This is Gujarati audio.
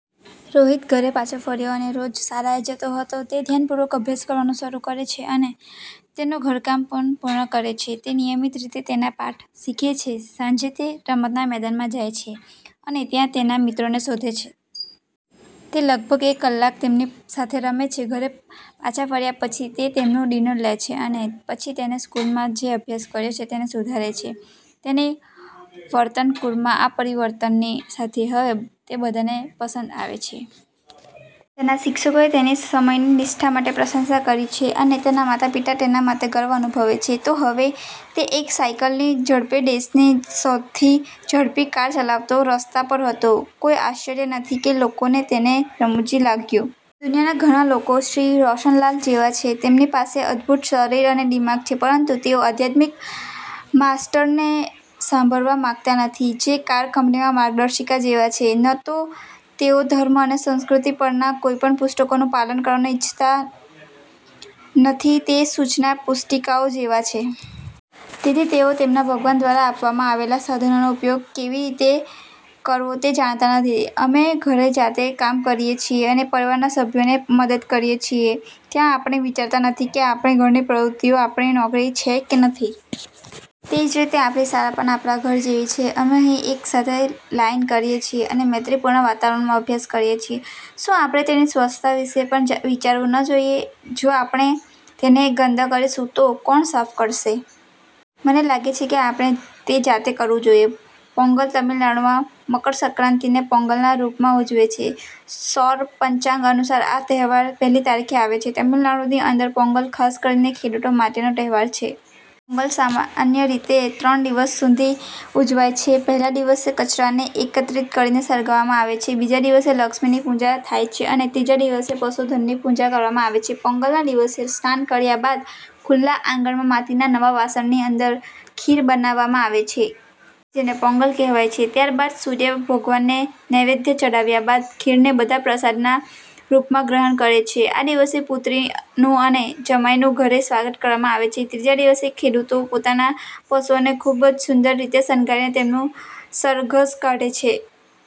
રોહિત ઘરે પાછો ફર્યો અને રોજ શાળાએ જતો રહ્યો. તે ધ્યાનપૂર્વક અભ્યાસ કરવાનું શરૂ કરે છે અને તેનું ઘરકામ પણ પૂર્ણ કરે છે. તે નિયમિત રીતે તેના પાઠ શીખે છે. સાંજે, તે રમતના મેદાનમાં જાય છે અને ત્યાં તેના મિત્રોને શોધે છે. તે લગભગ એક કલાક તેમની સાથે રમે છે. ઘરે પાછા ફર્યા પછી, તે તેમનું ડિનર લે છે અને પછી તેણે સ્કૂલમાં જે અભ્યાસ કર્યો છે તેને સુધારે છે. તેની વર્તણૂકમાં આ પરિવર્તનની સાથે, હવે તે બધાને પસંદ આવે છે. તેના શિક્ષકોએ તેની સમયની નિષ્ઠા માટે પ્રશંસા કરી છે અને તેના માતાપિતા તેના માટે ગર્વ અનુભવે છે. તો હવે, તે એક સાયકલની ઝડપે દેશની સૌથી ઝડપી કાર ચલાવતો, રસ્તા પર હતો! કોઈ આશ્ચર્ય નથી કે લોકોને તે રમુજી લાગ્યું. દુનિયાના ઘણા લોકો શ્રી રોશનલાલ જેવા છે. તેમની પાસે અદ્ભુત શરીર અને દિમાગ છે પરંતુ તેઓ આધ્યાત્મિક માસ્ટર્સને સાંભળવા માંગતા નથી જે કાર કંપનીમાં માર્ગદર્શિકા જેવા છે. ન તો તેઓ ધર્મ અને સંસ્કૃતિ પરના કોઈપણ પુસ્તકોનું પાલન કરવાનું ઇચ્છતા નથી જે સૂચના પુસ્તિકાઓ જેવા છે. તેથી તેઓ તેમના ભગવાન દ્વારા આપવામાં આવેલા સાધનોનો ઉપયોગ કેવી રીતે કરવો તે જાણતા નથી. અમે ઘરે જાતે કામ કરીએ છીએ અને પરિવારના સભ્યોને મદદ કરીએ છીએ. ત્યાં આપણે વિચારતા નથી કે આપણી ઘરની પ્રવૃત્તિઓ આપણી નોકરી છે કે નહીં. તે જ રીતે, આપણી શાળા પણ આપણા ઘર જેવી છે. અમે અહીં એક સાથે લાઇન કરીએ છીએ અને મૈત્રીપૂર્ણ વાતાવરણમાં અભ્યાસ કરીએ છીએ. શું આપણે તેની સ્વચ્છતા વિશે પણ વિચારવું ન જોઈએ? જો આપણે તેને ગંદા કરીશું, તો કોણ સાફ કરશે? મને લાગે છે કે આપણે તે જાતે કરવું જોઈએ. પોંગલ તમિલનાડુમાં મકરસંક્રાતિને પોંગલના રૂપમાં ઉજવે છે. સૌર પંચાગ અનુસાર આ તહેવાર પહેલી તારીખે આવે છે. તમિલનાડુની અંદર પોંગલ ખાસ કરીને ખેડુતો માટેનો તહેવાર છે. પોંગલ સામાન્ય રીતે ત્રણ દિવસ સુધી ઉજવાય છે. પહેલા દિવસે કચરાને એકત્રિત કરીને સળગાવવામાં આવે છે બીજા દિવસે લક્ષ્મીની પૂજા થાય છે અને ત્રીજા દિવસે પશુ ધનની પૂજા કરવામાં આવે છે. પોંગલના દિવસે સ્નાન કર્યા બાદ ખુલ્લા આંગણમાં માટીના નવા વાસણની અંદર ખીર બનાવવામાં આવે છે. જેને પોંગલ કહેવાય છે. ત્યાર બાદ સૂર્ય ભગવાનને નૈવેધ ચડાવ્યા બાદ ખીરને બધા પ્રસાદનાં રૂપમાં ગ્રહણ કરે છે. આ દિવસે પુત્રીનું અને જમાઈનું ઘરે સ્વાગત કરવામાં આવે છે. ત્રીજા દિવસે ખેડુતો પોતાના પશુઓને ખુબ જ સુંદર રીતે શણગારીને તેમનું સરઘસ કાઢે છે.